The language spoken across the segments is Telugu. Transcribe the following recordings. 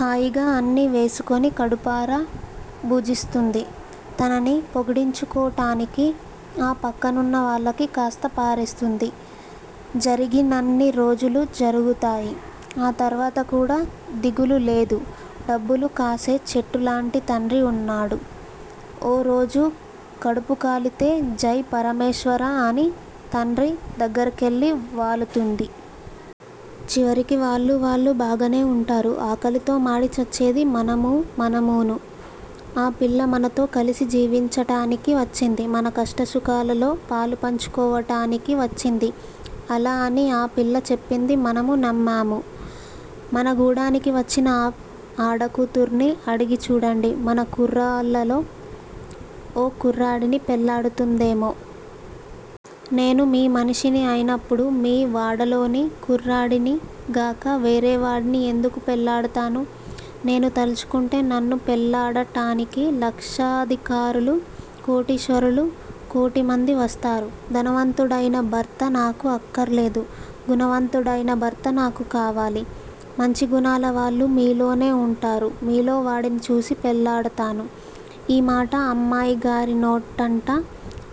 హాయిగా అన్నీ వేసుకుని కడుపార భుజిస్తుంది. తనని పొగిడించుకోటానికి ఆ పక్కనున్న వాళ్ళకి కాస్త పారేస్తుంది. జరిగినన్ని రోజులు జరుగుతాయి. ఆ తర్వాత కూడా దిగులులేదు. డబ్బులు కాసే చెట్టులాంటి తండ్రి వున్నాడు. ఓ రోజు కడుపుకాలితే జై పరమేశ్వరా అని తండ్రి దగ్గరకెళ్ళి వాలుతుంది. చివరికి వాళ్ళూ వాళ్ళూ బాగానే వుంటారు. ఆకలితో మాడి చచ్చేది మనమూ మనమూను. ఆ పిల్ల మనతో కలిసి జీవించటానికి వచ్చింది మన కష్టసుఖాలలో పాలు పంచుకోవటానికి వచ్చింది. అలా అని ఆ పిల్ల చెప్పింది. మనము నమ్మాము. మన గూడానికి వచ్చిన ఆ ఆడకూతుర్ని అడిగి చూడండి మన కుర్రాళ్ళలో ఓ కుర్రాడిని పెళ్ళాడుతుందేమో! నేను మీ మనిషిని అయినప్పుడు మీ వాడలోని కుర్రాడినిగాక వేరేవాడిని యెందుకు పెళ్ళాడుతాను! నేను తలుచుకుంటే నన్ను పెళ్ళాడటానికి లక్షాధికారులు, కోటీశ్వరులు కోటిమంది వస్తారు. ధనవంతుడయిన భర్త నాకు అక్కరలేదు. గుణవంతుడయిన భర్త నాకు కావాలి. మంచి గుణాలవాళ్ళు మీలోనే వుంటారు. మీలో వాడిని చూసి పెళ్ళాడతాను ఈమాట అమ్మాయిగారి నోటంట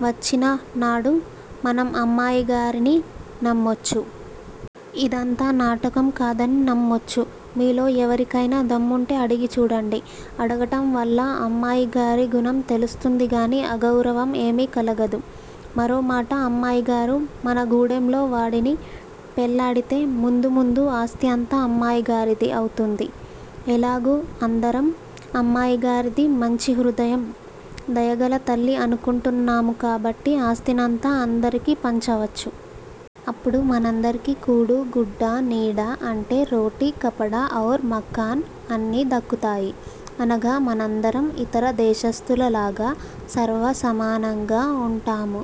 వచ్చిననాడు మనం అమ్మాయిగారిని నమ్మొచ్చు. ఇదంతా నాటకం కాదని నమ్మొచ్చు. మీలో యెవరికయినా దమ్ముంటే అడిగి చూడండి. అడగటంవల్ల అమ్మాయిగారి గుణం తెలుస్తుందిగాని అగౌరవం ఏమీ కలగదు. మరో మాట అమ్మాయిగారు మన గూడెంలో వాడిని పెళ్ళాడితే ముందు ముందు ఆస్తీ అంతా అమ్మాయిగారిది అవుతుంది ఎలాగూ అందరం అమ్మాయిగారిది మంచి హృదయం, దయగల తల్లి అనుకుంటున్నాము కాబట్టి ఆస్తినంతా అందరికీ పంచవచ్చు. అప్పుడు మనందరికి కూడు గుడ్డ నీడ అంటే రోటీ కపడ ఔర్ మకాన్ అన్ని దక్కుతాయి. అనగ మనందరం ఇతర దేశస్తులలాగ సర్వసమానంగా వుంటాము.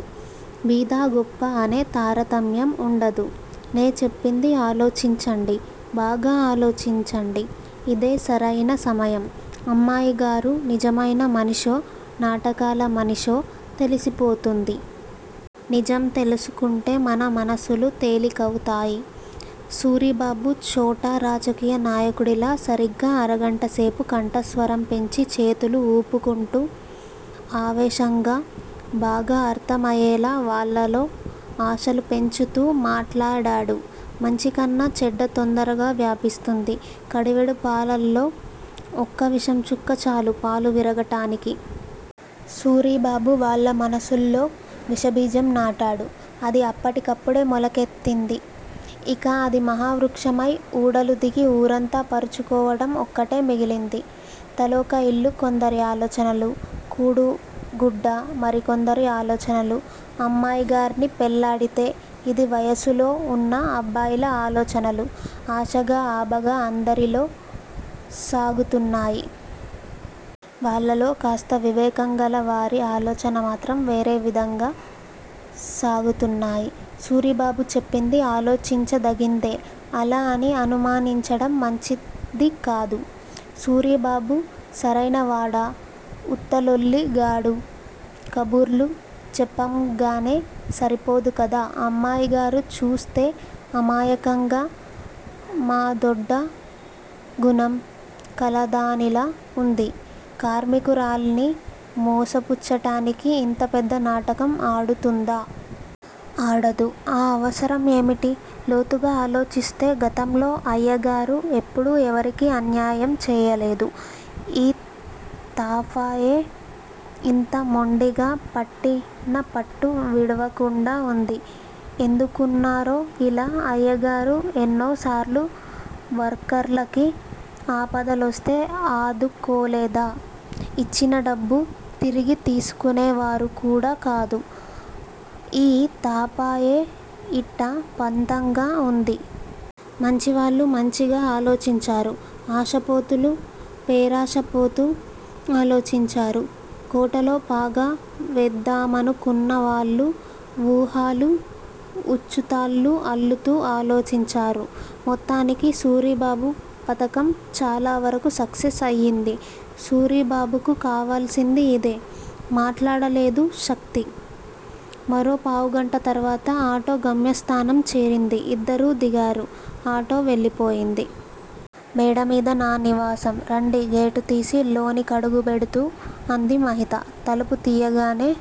బీద గొప్ప అనే తారతమ్యం వుండదు. నేచెప్పింది ఆలోచించండి బాగా ఆలోచించండి. ఇదే సరయిన సమయం అమ్మాయిగారు నిజమైన మనిషో, నాటకాల మనిషో తెలిసిపోతుంది. నిజం తెలుసుకుంటే మన మనసులు తేలికవుతాయి సూరిబాబు ఛోటా రాజకీయ నాయకుడిలా సరిగ్గా అరగంటసేపు కంఠస్వరం పెంచి చేతులు ఊపుకుంటూ ఆవేశంగా బాగా అర్ధమయేలా వాళ్ళలో ఆశలు పెంచుతూ మాట్లాడాడు. మంచికన్నా చెడ్డ తొందరగా వ్యాపిస్తుంది. కడివెడు పాలల్లో ఒక విషంచుక్క చాలు పాలు విరగటానికి. సూరిబాబు వాళ్ళ మనసుల్లో విషబీజం నాటాడు. అది అప్పటికప్పుడే మొలకెత్తింది. ఇక అది మహావృక్షమై ఊడలుదిగి వూరంతా పరుచుకోవటం ఒక్కటే మిగిలింది. తలొక ఇల్లు కొందరి ఆలోచనలు. కూడుగుడ్డ మరికొందరి ఆలోచనలు అమ్మాయిగారిని పెళ్ళాడితే! ఇది వయసులో వున్న అబ్బాయిల ఆలోచనలు! ఆశగా ఆబగా అందరిలో సాగుతున్నాయి. వాళ్ళల్లో కాస్త వివేకంగల వారి ఆలోచనలు మాత్రం వేరేవిధంగా సాగుతున్నాయి. సూరిబాబు చెప్పింది ఆలోచించదగిందే అలా అని అనుమానించటం మంచిదికాదు. సూరిబాబు సరయినవాడా! ఉత్తలొల్లి గాడు. కబుర్లు చెప్పంగానే సరిపోదు కదా? అమ్మాయిగారు చూస్తే అమాయకంగా మాదొడ్డ గుణం కలదానిలా వుంది. కార్మికురాల్ని మోసపుచ్చటానికి ఇంత పెద్ద నాటకం ఆడుతుందా? ఆడదు ఆ అవసరం యేమిటి? లోతుగ ఆలోచిస్తే గతంలో అయ్యగారు ఎప్పుడూ ఎవరికీ అన్యాయం చేయలేదు. ఈ తఫాయే ఇంత మొండిగా పట్టినపట్టు విడవకుండా వుంది. ఎందుకున్నారో యిలా అయ్యగారు ఎన్నోసార్లు వర్కర్లకి ఆపదలొస్తే ఆదుకోలేదా! ఇచ్చిన డబ్బు తిరిగి తీసుకునేవారు కూడా కాదు. ఈ తఫాయే యిట్టా పంతంగా వుంది. మంచివాళ్ళు మంచిగా ఆలోచించారు. ఆశపోతులు పేరాశపోతూ ఆలోచించారు. కోటలో పాగా వేద్దామనుకున్నవాళ్ళు వూహలు ఉచ్చుతాళ్ళు అల్లుతూ ఆలోచించారు. మొత్తానికి సూరిబాబు పథకం చాలావరకు సక్సెస్ అయింది. సూరిబాబుకి కావల్సింది ఇదే! మాట్లాడలేదు శక్తి. మరో పావుగంట తర్వాత, ఆటో గమ్యస్థానం చేరింది. ఇద్దరూ దిగారు. ఆటో వెళ్ళిపోయింది. మేడమీద నా నివాసం రండి గేటుతీసి లోని కడుగుబెడుతూ అంది మహిత. తలుపు తీయగానే